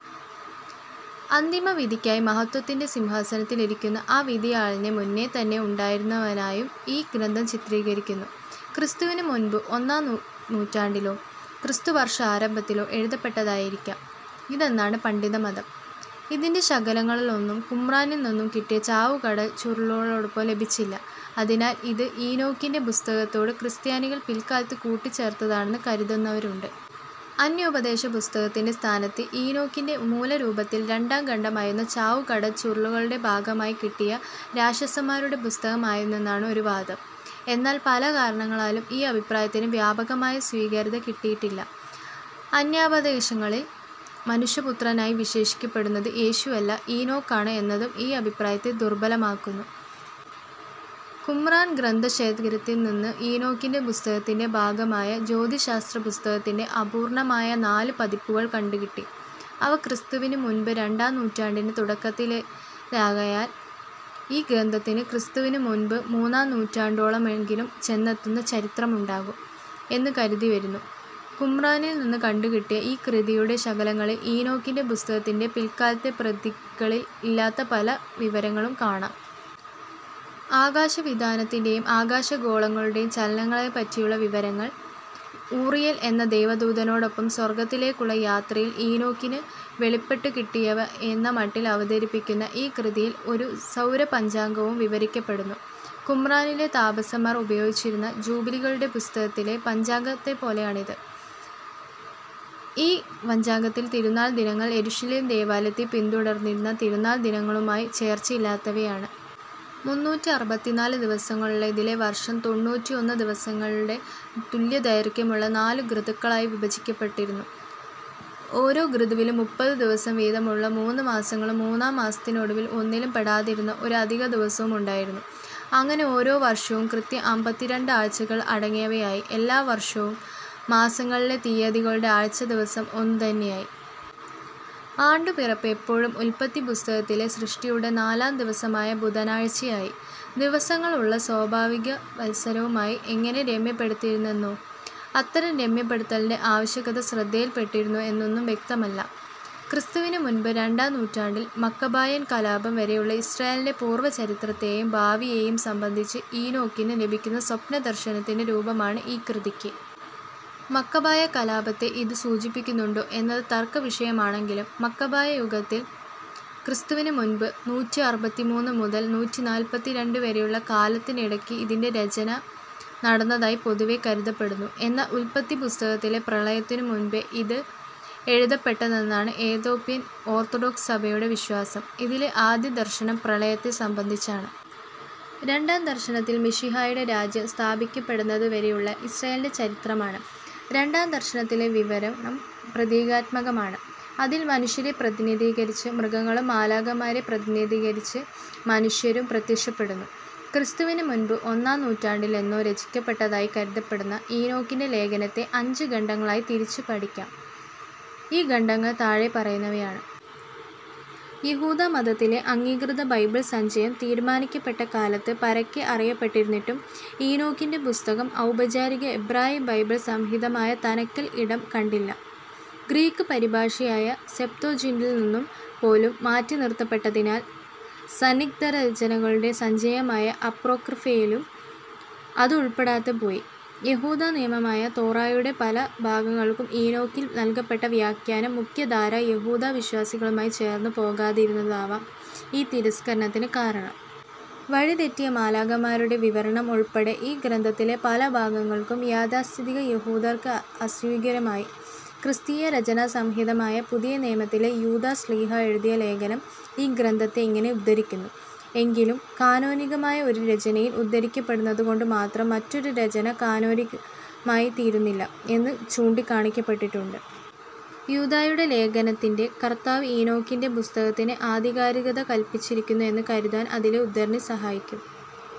അന്തിമവിധിക്കായി മഹത്ത്വത്തിന്റെ സിംഹാസനത്തിൽ ഇരിക്കുന്ന ആ വിധിയാളനെ, മുന്നേ തന്നെ ഉണ്ടായിരുന്നവനായും ഈ ഗ്രന്ഥം ചിത്രീകരിക്കുന്നു. ക്രിസ്തുവിനു മുൻപ് ഒന്നാം നൂറ്റാണ്ടിലോ ക്രിസ്തുവർഷാരംഭത്തിലോ എഴുതപ്പെട്ടതായിരിക്കാം ഇതെന്നാണ് പണ്ഡിതമതം. ഇതിന്റെ ശകലങ്ങളൊന്നും കുമ്രാനിൽ നിന്നു കിട്ടിയ ചാവുകടൽ ചുരുളുകൾക്കൊപ്പം ലഭിച്ചിട്ടില്ല. അതിനാൽ ഇത് ഈനോക്കിന്റെ പുസ്തകത്തോട് ക്രിസ്ത്യാനികൾ പിൽക്കാലത്ത് കൂട്ടിച്ചേർത്തതാണെന്നു കരുതുന്നവരുണ്ട്. അന്യോപദേശ പുസ്തകത്തിന്റെ സ്ഥാനത്ത് ഈനോക്കിന്റെ മൂലരൂപത്തിൽ രണ്ടാം ഖണ്ഡമായിരുന്നത് ചാവുകടൽ ചുരുളുകളുടെ ഭാഗമായി കിട്ടിയ രാക്ഷസന്മാരുടെ പുസ്തകം ആയിരുന്നെന്നാണ് ഒരു വാദം. എന്നാൽ പല കാരണങ്ങളാലും, ഈ അഭിപ്രായത്തിനു വ്യാപകമായ സ്വീകാര്യത കിട്ടിയിട്ടില്ല. അന്യാപദേശങ്ങളിൽ മനുഷ്യപുത്രനായി വിശേഷിക്കപ്പെടുന്നത് യേശുവല്ല ഈനോക്കാണ് എന്നതും ഈ അഭിപ്രായത്തെ ദുർബ്ബലമാക്കുന്നു. കുമ്രാൻ ഗ്രന്ഥശേഖരത്തിൽ നിന്ന് ഈനോക്കിന്റെ പുസ്തകത്തിന്റെ ഭാഗമായ ജ്യോതിശാസ്ത്രപുസ്തകത്തിന്റെ അപൂർണ്ണമായ നാലു പതിപ്പുകൾ കണ്ടുകിട്ടി. അവ ക്രിസ്തുവിനു മുൻപ് രണ്ടാം നൂറ്റാണ്ടിന്റെ തുടക്കത്തിലേതാകയാൽ ഈ ഗ്രന്ഥത്തിന് ക്രിസ്തുവിന് മുൻപ് മൂന്നാം നൂറ്റാണ്ടോളമെങ്കിലും ചെന്നെത്തുന്ന ചരിത്രമുണ്ടാകാം എന്നു കരുതിവരുന്നു. കുമ്രാനിൽ നിന്നു കണ്ടുകിട്ടിയ ഈ കൃതിയുടെ ശകലങ്ങളിൽ ഈനോക്കിന്റെ പുസ്തകത്തിന്റെ പിൽക്കാലത്തെ പ്രതികളിൽ ഇല്ലാത്ത പല വിവരങ്ങളും കാണാം. അകാശവിതാനത്തിന്റേയും ആകാശഗോളങ്ങളുടേയും ചലനങ്ങളെപ്പറ്റിയുള്ള വിവരങ്ങൾ, ഊറിയേൽ എന്ന ദൈവദൂതനോടൊപ്പം സ്വർഗ്ഗത്തിലേക്കുള്ള യാത്രയിൽ ഈനോക്കിനു വെളിപ്പെട്ടുകിട്ടിയവ എന്ന മട്ടിൽ അവതരിപ്പിക്കുന്ന ഈ കൃതിയിൽ ഒരു സൗരപഞ്ചാംഗവും വിവരിക്കപ്പെടുന്നു. കുമ്രാനിലെ താപസന്മാർ ഉപയോഗിച്ചിരുന്ന ജൂബിലികളുടെ പുസ്തകത്തിലെ പഞ്ചാംഗത്തെപ്പോലെയാണത്. ഈ പഞ്ചാംഗത്തിലെ തിരുനാൾ ദിനങ്ങൾ യെരുശലേം ദേവാലയത്തിൽ പിന്തുടർന്നിരുന്ന തിരുനാൾ ദിനങ്ങളുമായി ചേർച്ചയില്ലാത്തവയാണ്. മുന്നൂറ്റിഅറുപത്തിനാല് ദിവസമുള്ള ഇതിലെ വർഷം തൊണ്ണൂറ്റിഒന്ന് ദിവസങ്ങളുടെ തുല്യദൈർഘ്യമുള്ള നാലു ഋതുക്കളായി വിഭജിക്കപ്പെട്ടിരുന്നു. ഓരോ ഋതുവിലും മുപ്പത് ദിവസം വീതമുള്ള മൂന്നു മാസങ്ങളും മൂന്നാം മാസത്തിനൊടുവിൽ ഒന്നിലും പെടാതിരുന്ന ഒരു അധികദിവസവും ഉണ്ടായിരുന്നു. അങ്ങനെ ഓരോ വർഷവും കൃത്യം അമ്പത്തിരണ്ട് ആഴ്ചകൾ അടങ്ങിയവയായി. എല്ലാ വർഷവും, മാസങ്ങളിലെ തിയതികളുടെ ആഴ്ചദിവസം ഒന്നു തന്നെയായി. ആണ്ടുപിറപ്പ് എപ്പോഴും ഉല്പത്തിപ്പുസ്തകത്തിലെ സൃഷ്ടിയുടെ നാലാം ദിവസമായ ബുധനാഴ്ചയായി. ദിവസങ്ങളുള്ള സ്വാഭാവികവത്സരവുമായി എങ്ങനെ രമ്യപ്പെടുത്തിയിരുന്നെന്നോ, അത്തരം രമ്യപ്പെടുത്തലിന്റെ ആവകശ്യകത ശ്രദ്ധിക്കപ്പെട്ടിരുന്നോ എന്നൊന്നും വ്യക്തമല്ല. ക്രിസ്തുവിനു മുൻപ് രണ്ടാം നൂറ്റാണ്ടിലെ മക്കബായൻ കലാപം വരെയുള്ള ഇസ്രായേലിന്റെ പൂർവചരിത്രത്തേയും ഭാവിയേയും സംബന്ധിച്ച് ഈനോക്കിനു ലഭിക്കുന്ന സ്വപ്നദർശനത്തിന്റെ രൂപമാണ് ഈ കൃതിയ്ക്ക്. മക്കബായ കലാപത്തെ ഇതു സൂചിപ്പിക്കുന്നുണ്ടോ എന്നത് തർക്കവിഷയമാണെങ്കിലും മക്കബായ യുഗത്തിൽ ക്രിസ്തുവിന് മുൻപ് നൂറ്റിഅറുപത്തിമൂന്ന് മുതൽ നൂറ്റിനാല്പത്തിരണ്ട്‍ വരെയുള്ള കാലത്തിനിടയ്ക്ക് ഇതിന്റെ രചന നടന്നതായി പൊതുവേ കരുതപ്പെടുന്നു. എന്നാൽ ഉല്പത്തിപ്പുസ്തകത്തിലെ പ്രളയത്തിനും മുൻപേ ഇത് എഴുതപ്പെട്ടെന്നാണ് എത്യോപ്യൻ ഓർത്തഡോക്സ് സഭയുടെ വിശ്വാസം. ഇതിലെ ആദ്യദർശനം പ്രളയത്തെ സംബന്ധിച്ചാണ്. രണ്ടാം ദർശനത്തിൽ മിശിഹായുടെ രാജ്യം സ്ഥാപിക്കപ്പെടുന്നതുവരെയുള്ള ഇസ്രായേലിന്റെ ചരിത്രമാണ്. രണ്ടാം ദർശനത്തിലെ വിവരണം പ്രതീകാത്മകമാണ്. അതിൽ മനുഷ്യരെ പ്രതിനിധീകരിച്ച് മൃഗങ്ങളും മാലാഖമാരെ പ്രതിനിധീകരിച്ച് മനുഷ്യരും പ്രത്യക്ഷപ്പെടുന്നു. ക്രിസ്തുവിന് മുൻപ് ഒന്നാം നൂറ്റാണ്ടിലെന്നോ രചിക്കപ്പെട്ടതായി കരുതപ്പെടുന്ന ഈനോക്കിന്റെ ലേഖനത്തെ അഞ്ചു ഖണ്ഡങ്ങളായി തിരിച്ചു പഠിക്കാം. ഈ ഖണ്ഡങ്ങൾ താഴെ പറയുന്നവയാണ്. യഹൂദമതത്തിലെ അംഗീകൃത ബൈബിൾ സഞ്ചയം തീരുമാനിക്കപ്പെട്ട കാലത്ത് പരക്കെ അറിയപ്പെട്ടിരുന്നിട്ടും ഈനോക്കിന്റെ പുസ്തകം ഔപചാരിക എബ്രായ ബൈബിൾ സംഹിതയായ തനക്കിൽ ഇടം കണ്ടില്ല. ഗ്രീക്ക് പരിഭാഷയായ സെപ്ത്വജിന്റിൽ നിന്നുപോലും മാറ്റിനിർത്തപ്പെട്ടതിനാൽ സന്ദിഗ്ദ്ധരചനകളുടെ സഞ്ചയമായ അപ്പോക്രിഫയിലും അതുൾപ്പെടാതെ പോയി. യഹൂദനിയമമായ തോറായുടെ പല ഭാഗങ്ങൾക്കും ഈനോക്കിൽ നൽകപ്പെട്ട വ്യാഖ്യാനം മുഖ്യധാരാ യഹൂദവിശ്വാസവുമായി ചേർന്നു പോകാതിരുന്നതാവാം ഈ തിരസ്കാരത്തിനു കാരണം. വഴിതെറ്റിയ മാലാഖമാരുടെ വിവരണം ഉൾപ്പെടെ ഈ ഗ്രന്ഥത്തിലെ പല ഭാഗങ്ങളും യാഥാസ്ഥിതിക യഹൂദർക്ക് അസ്വീകാര്യമായി. ക്രിസ്തീയ രചനാസംഹിതയായ പുതിയനിയമത്തിലെ യൂദാ ശ്ലീഹാ എഴുതിയ ലേഖനം ഈ ഗ്രന്ഥത്തെ ഇങ്ങനെ ഉദ്ധരിക്കുന്നു. എങ്കിലും കാനോനികമായ ഒരു രചനയിൽ ഉദ്ധരിക്കപ്പെടുന്നതുകൊണ്ടു മാത്രം മറ്റൊരു രചന കാനോനികമായിത്തീരുന്നില്ല എന്നു ചൂണ്ടിക്കാണിക്കപ്പെട്ടിട്ടുണ്ട്. യൂദായുടെ ലേഖനത്തിന്റെ കർത്താവ് ഈനോക്കിന്റെ പുസ്തകത്തിന് ആധികാരികത കല്പിച്ചിരുന്നു എന്നു കരുതാൻ അതിലെ ഉദ്ധരണി സഹായിക്കും